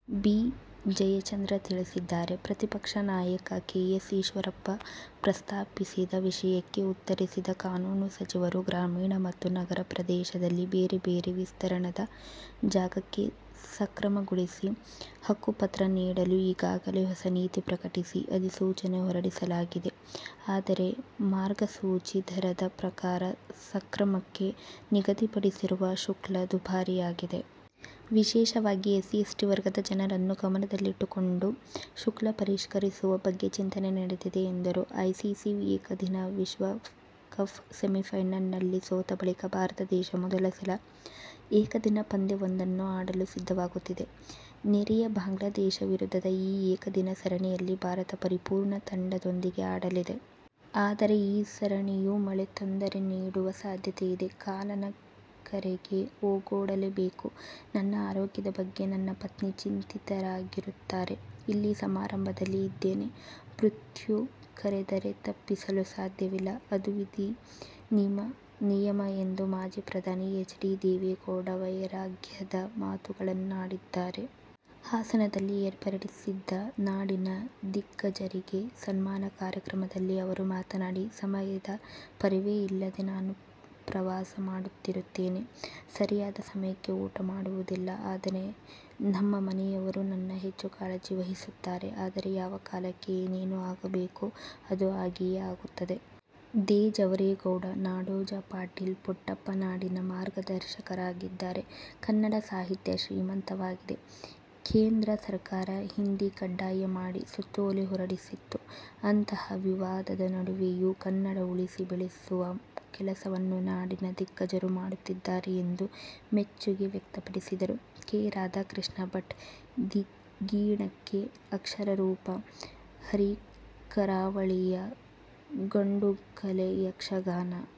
B. Jayachandra ತಿಳಿಸಿದ್ದಾರೆ. ಪ್ರತಿಪಕ್ಷ ನಾಯಕ ಕೆ. ಎಸ್. ಈಶ್ವರಪ್ಪ ಪ್ರಸ್ತಾಪಿಸಿದ ವಿಷಯಕ್ಕೆ ಉತ್ತರಿಸಿದ ಕಾನೂನು ಸಚಿವರು ಗ್ರಾಮೀಣ ಮತ್ತು ನಗರ ಪ್ರದೇಶದಲ್ಲಿ ಬೇರೆ-ಬೇರೆ ವಿಸ್ತೀರ್ಣದ ಜಾಗಕ್ಕೆ ಸಕ್ರಮ ಗೊಳಿಸಿ ಹಕ್ಕುಪತ್ರ ನೀಡಲು ಈಗಾಗಲೇ ಹೊಸ ನೀತಿ ಪ್ರಕಟಿಸಿ, ಅಧಿಸೂಚನೆ ಹೊರಡಿಸಲಾಗಿದೆ. ಆದರೆ, ಮಾರ್ಗಸೂಚಿ ದರದ ಪ್ರಕಾರ ಸಕ್ರಮಕ್ಕೆ ನಿಗದಿಪಡಿಸಿರುವ ಶುಲ್ಕ ದುಬಾರಿ ಆಗಿದೆ. ವಿಶೇಷವಾಗಿ ಎಸ್ಸಿ, ಎಸ್ಟಿ ವರ್ಗದ ಜನರನ್ನು ಗಮನದಲ್ಲಿಟ್ಟುಕೊಂಡು ಶುಲ್ಕ ಪರಿಷ್ಕರಿಸುವ ಬಗ್ಗೆ ಚಿಂತನೆ ನಡೆದಿದೆ ಎಂದರು. ಐಸಿಸಿ ಏಕದಿನ ವಿಶ್ವ ಕಪ್ನ ಸೆಮಿಫೈನಲ್ನಲ್ಲಿ ಸೋತ ಬಳಿಕ ಭಾರತ ದೇಶ ಮೊದಲ ಸಲ ಏಕದಿನ ಪಂದ್ಯವೊಂದನ್ನು ಆಡಲು ಸಿದ್ಧವಾಗುತ್ತಿದೆ. ನೆರೆಯ ಬಾಂಗ್ಲಾದೇಶ ವಿರುದ್ಧದ ಈ ಏಕದಿನ ಸರಣಿಯಲ್ಲಿ ಭಾರತ ಪರಿಪೂರ್ಣ ತಂಡದೊಂದಿಗೆ ಆಡಲಿದೆ. ಆದರೆ ಈ ಸರಣಿಗೂ ಮಳೆ ತೊಂದರೆ ನೀಡುವ ಸಾಧ್ಯತೆಯಿದೆ. ''''''ಕಾಲನ ಕರೆಗೆ ಓಗೊಡಲೇ ಬೇಕು. ನನ್ನ ಆರೋಗ್ಯದ ಬಗ್ಗೆ ನನ್ನ ಪತ್ನಿ ಚಿಂತಿತರಾಗಿರುತ್ತಾರೆ. ಇಲ್ಲಿ ಸಮಾರಂಭದಲ್ಲಿ ಇದ್ದೇನೆ. ಮೃತ್ಯು ಕರೆದರೆ ತಪ್ಪಿಸಲು ಸಾಧ್ಯವಿಲ್ಲ. ಅದು ವಿಧಿ ನಿಯಮ ಎಂದು ಮಾಜಿ ಪ್ರಧಾನಿ ಎಚ್. ಡಿ. ದೇವೇಗೌಡ ವೈರಾಗ್ಯದ ಮಾತುಗಳನ್ನಾಡಿದ್ದಾರೆ. ಹಾಸನದಲ್ಲಿ ಏರ್ಪಡಿಸಿದ್ದ ನಾಡಿನ ದಿಗ್ಗಜರಿಗೆ ಸನ್ಮಾನ ಕಾರ್ಯಕ್ರಮದಲ್ಲಿ ಅವರು ಮಾತನಾಡಿ, ''''ಸಮಯದ ಪರಿವೇ ಇಲ್ಲದೆ ನಾನು ಪ್ರವಾಸ ಮಾಡುತ್ತಿರುತ್ತೇನೆ. ಸರಿಯಾದ ಸಮಯಕ್ಕೆ ಊಟ ಮಾಡುವುದಿಲ್ಲ. ಆದರೆ ನಮ್ಮ ಮನೆಯವರು ನನ್ನ ಹೆಚ್ಚು ಕಾಳಜಿ ವಹಿಸುತ್ತಾರೆ. ಆದರೆ ಯಾವ ಕಾಲಕ್ಕೆ ಏನೇನು ಆಗಬೇಕೋ ಅದು ಆಗಿಯೇ ಆಗುತ್ತದೆ. ದೇ. ಜವರೇಗೌಡ, ನಾಡೋಜ ಪಾಟೀಲ್ ಪುಟ್ಟಪ್ಪ ನಾಡಿನ ಮಾರ್ಗದರ್ಶಕರಾಗಿದ್ದಾರೆ. ಕನ್ನಡ ಸಾಹಿತ್ಯ ಶ್ರೀಮಂತವಾಗಿದೆ. ಕೇಂದ್ರ ಸರ್ಕಾರ ಹಿಂದಿ ಕಡ್ಡಾಯ ಮಾಡಿ ಸುತ್ತೋಲೆ ಹೊರಡಿಸಿತ್ತು. ಅಂತಹ ವಿವಾದದ ನಡುವೆಯೂ ಕನ್ನಡ ಉಳಿಸಿ ಬೆಳೆಸುವ ಕೆಲಸವನ್ನು ನಾಡಿನ ದಿಗ್ಗಜರು ಮಾಡುತ್ತಿದ್ದಾರೆ ಎಂದು ಮೆಚ್ಚುಗೆ ವ್ಯಕ್ತಪಡಿಸಿದರು. ಕೆ. ರಾಧಾಕೃಷ್ಣ ಭಟ್; ಧಿಗಿಣಕ್ಕೆ ಅಕ್ಷರ ರೂಪ: ಹರಿಕರಾವಳಿಯ ಗಂಡುಕಲೆ ಯಕ್ಷಗಾನ.